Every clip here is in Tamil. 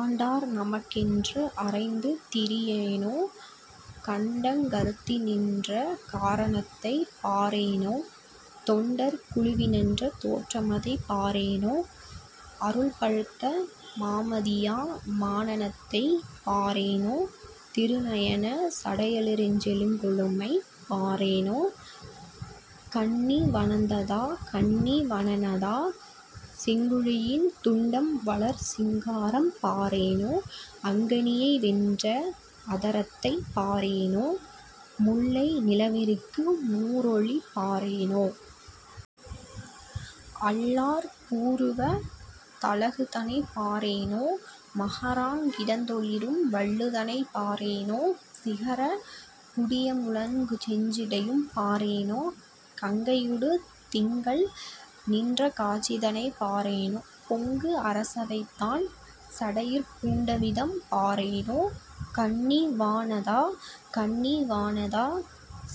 ஆண்டார் நமக்கென்று அறைந்து திரியேனோ! கண்டங் கறுத்துநின்ற காரணத்தைப் பாரேனோ! தொண்டர் குழுவினின்ற தோற்றமதைப் பாரேனோ! அருள்பழுத்த மாமதியா மானனத்தைப் பாரேனோ! திருநயனச் சடையளிருஞ் செழுங்கொழுமை பாரேனோ! கன்னி வனநாதா! கன்னி வனநாதா! செங்குழியின் துண்டம்வளர் சிங்காரம் பாரேனோ? அங்கனியை வென்ற அதரத்தைப் பாரேனோ! முல்லை நிலவெறிக்கு மூரலொளி பாரேனோ! அல்லார் புருவத் தழகுதனைப் பாரேனோ! மகரங் கிடந்தொளிரும் வள்ளைதனைப் பாரேனோ! சிகர முடியழகுஞ் செஞ்சடையும் பாரேனோ! கங்கையோடு திங்கள் நின்றகாட்சிதனைப் பாரேனோ! பொங்கு அரவைத்தான்சடையிற் பூண்டவிதம் பாரேனோ கன்னி வனநாதா! கன்னி வனநாதா!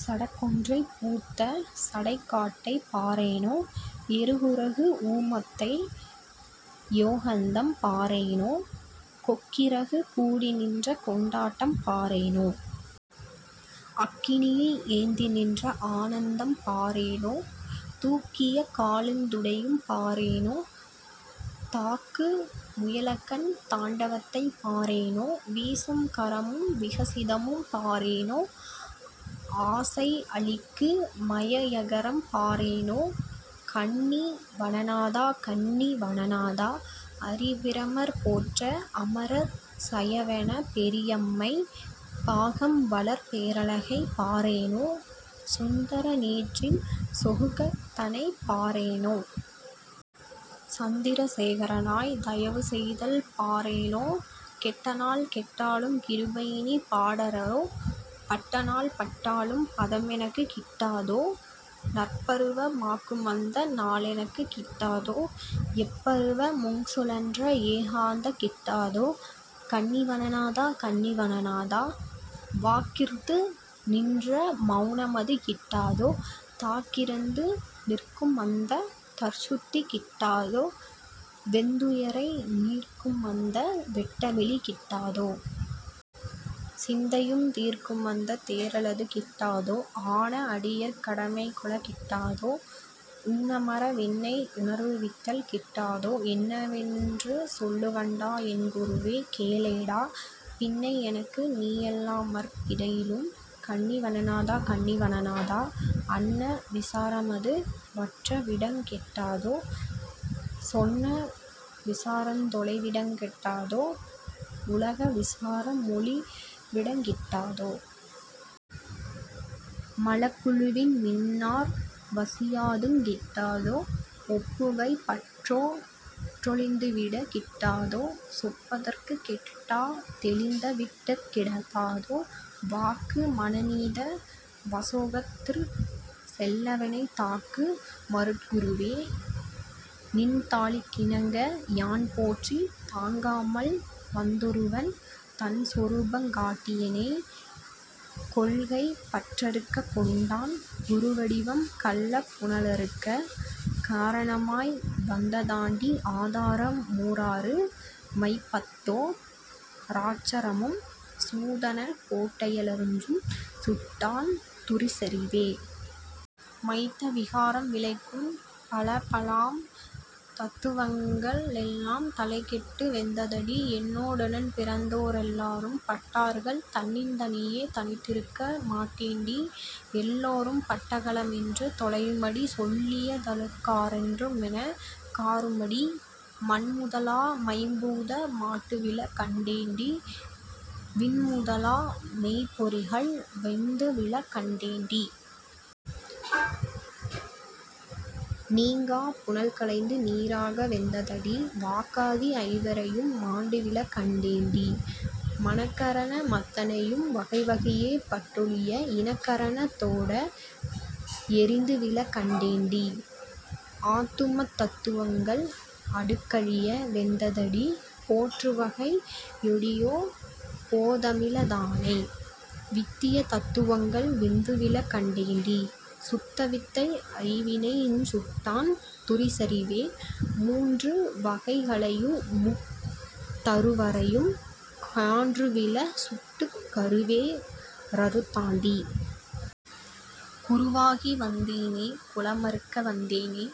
சரக்கொன்றை பூத்த சடைக்காட்டைப் பாரேனோ; எருக்கறுகு ஊமத்தையணி யேகாந்தம் பாரேனோ! கொக்கிறகுக் கூடிநின்ற கொண்டாட்டம் பாரேனோ! அக்கினியை யேந்திநின்ற ஆனந்தம் பாரேனோ! தூக்கிய காலுந் துடியிடையும் பாரேனோ! தாக்கு முயலகன் தாண்டவத்தைப் பாரேனோ! வீசும் கரமும் விகசிதமும் பாரேனோ! ஆசை அளிக்கு மபயகரம் பாரேனோ! கன்னி வனநாதா! கன்னி வனநாதா! அரிபிரமர் போற்ற அமரர் சயசயெனப் பெரியம்மை பாகம்வளர் பேரழகைப் பாரேனோ! சுந்தர நீற்றின் சொகுகதனைப் பாரேனோ! சந்திர சேகரனாய்த் தயவுசெய்தல் பாரேனோ! கெட்டநாள் கெட்டாலுங் கிருபையினிப் பாரேடா! பட்டநாள் பட்டாலும் பதமெனக்குக் கிட்டாதோ? நற்பருவ மாக்குமந்த நாளெனக்குக் கிட்டாதோ? எப்பருவ முங்சுழன்ற ஏகாந்தங் கிட்டாதோ? கன்னி வனநாதா! கன்னி வனநாதா! வாக்கிற்து நின்ற மவுனமது கிட்டாதோ? தாக்கிறந்து நிற்குமந்தத் தற்சுத்தி கிட்டாதோ? வெந்துயரைத் தீர்க்குமந்த வெட்டவெளி கிட்டாதோ? சிந்தையையுந் தீர்க்குமந்தத் தேறலது கிட்டாதோ? ஆன அடியார்க் கடிமைகொளக் கிட்டாதோ? ஊனமற வென்னை வுணர்த்துவித்தல் கிட்டாதோ? என்னென்று சொல்லுவண்டா? என்குருவே? கேளேடா! பின்னை எனக்குநீ யல்லாமற் பிறிதிலையே. கன்னி வனநாதா! கன்னி வனநாதா! அன்ன விசாரமது வற்றவிடங் கிட்டாதோ? சொன்ன விசாரந் தொலைந்தவிடங் கிட்டாதோ? உலக விசார மொழிந்தவிடங் கிட்டாதோ? மலக்குழுவின் மின்னார் வசியாதுங் கிட்டாதோ? ஒப்புவமை பற்றோ டொழிந்தவிடங் கிட்டாதோ? செப்புதற்கு மெட்டா தெளிந்தவிடங் கிட்டாதோ? வாக்கு மனாதீத வசோகசத்திற் செல்லவெனைத் தாக்கு மருட்குருவே, நின்தாளிணைக்கே யான்போற்றி. தங்காமல் வந்தொருவன் தன்சொரூபங் காட்டியெனை. கொள்ளைப் பிறப்பறுக்கக் கொண்டான் குருவடிவம் கள்ளப் புலனறுக்கக் காரணமாய் வந்தாண்டி ஆதார மோராறு மைம்பத்தோ ரட்சரமும் சூதான கோட்டையெல்லாஞ் சுட்டான் துரிசறவே. மெத்த விகாரம் விளைக்கும் பலபலவாம் தத்துவங்க ளெல்லாந் தலைகெட்டு வெந்ததடி. என்னோ டுடன்பிறந்தா ரெல்லாரும் பட்டார்கள்; தன்னந் தனியே தனித்திருக்க மாட்டேண்டி. எல்லாரும் பட்டகள மென்று தொலையுமடி சொல்லி யழுதாற் றுயரமனெக் காறுமடி. மண்முதலா மைம்பூத மாண்டுவிழக் கண்டேண்டி! விண்முதலா மைம்பொறிகள் வெந்து விழக் கண்டேண்டி. நீங்காப் புனல்களைந்து நீறாக வெந்ததடி வாக்காதி ஐவரையும் மாண்டுவிழங் கண்டேண்டி. மனக்கரண மத்தனையும் வகைவகையே பட்டழிய இனக்கரணத் தோடே யெரிந்துவிழக் கண்டேண்டி. ஆத்துமத் தத்துவங்கள் அடுக்கழிய வெந்ததடி! போற்றும்வகை யெப்படியோ போதமிழந் தானை. வித்தியா தத்துவங்கள் வெந்துவிழக் கண்டேண்டி! சுத்தவித்தை ஐந்தினையுஞ் சுட்டான் துரிசறவே. முன்று வகைக்கிளையு முப்பத் தறுவரையும் கான்றுவிழச் சுட்டுக் கருவே ரறுத்தாண்டி. குருவாகி வந்தானோ? குலமறுக்க வந்தானோ?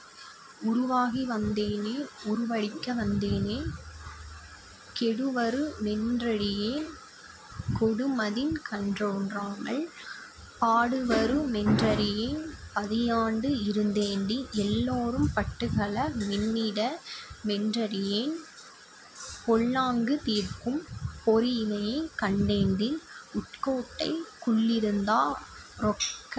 உருவாகி வந்தானோ? உருவழிக்க வந்தானோ? கேடுவரு மென்றறியேன், கெடுமதிகண் டோற்றாமல் பாடுவரு மென்றறியேன், பதியாண்டு இருந்தேண்டி. எல்லாரும் பட்டகள மின்னிட மென்றறியேன்; பொல்லாங்கு தீர்க்கும் பொறியிலியைக் கண்டேண்டி. உட்கோட்டைக் குள்ளிருந்தா ரொக்க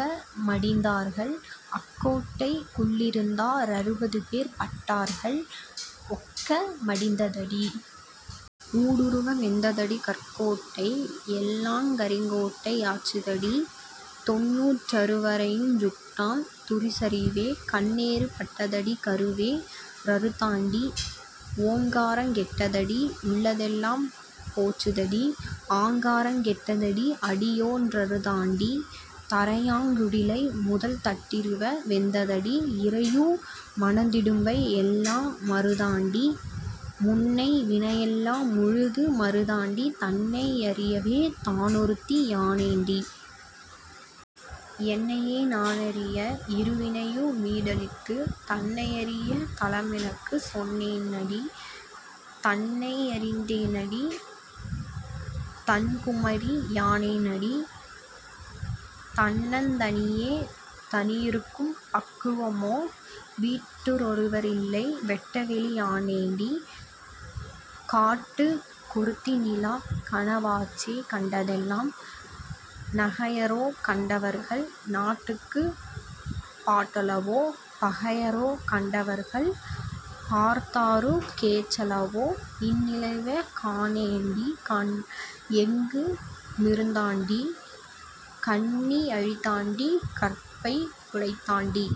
மடிந்தார்கள், அக்கோட்டைக் குள்ளிருந்தா ரறுபதுபேர் பட்டார்கள். ஒக்க மடிந்ததடி! ஊடுருவ வெந்ததடி! கற்கோட்டை யெல்லாங் கரிக்கோட்டை யாச்சுதடி. தொண்ணூற் றறுவரையுஞ் சுட்டான் துரிசறிவே கண்ணேறு பட்டதடி கருவே ரறுத்தாண்டி. ஓங்காரங் கெட்டதடி, உள்ளதெல்லாம் போச்சுதடி ஆங்காரங் கெட்டதடி, அடியோ டறுத்தாண்டி. தரையாங் குடிலைமுதல் தட்டிருவ வெந்ததடி! இரையு மனத்திடும்பை யெல்லா மறுத்தாண்டி. முன்னை வினையெல்லா முழுது மறுத்தாண்டி தன்னை யறியவே தானொருத்தி யானேண்டி. என்னையே நானறிய இருவினையு மீடழித்துத் தன்னை யறியத் தலமெனக்குச் சொன்னாண்டி. தன்னை யறிந்தேண்டி! தனிக்குமரி யானேண்டி! தன்னந் தனியே தனியிருக்கும் பக்குவமோ. வீட்டி லொருவரில்லை வெட்டவெளி யானேண்டி! காட்டுக் கெறித்திநிலா கனவாச்சே கண்டதெல்லாம். நகையாரோ கண்டவர்கள்? நாட்டுக்குப் பாட்டலவோ? பகையாரோ கண்டவர்கள்? பார்த்தாருக் கேச்சலவோ? இந்நிலமை கண்டாண்டி, எங்கு மிருந்தாண்டி! கன்னி யழித்தாண்டி, கற்பைக் குலைத்தாண்டி.।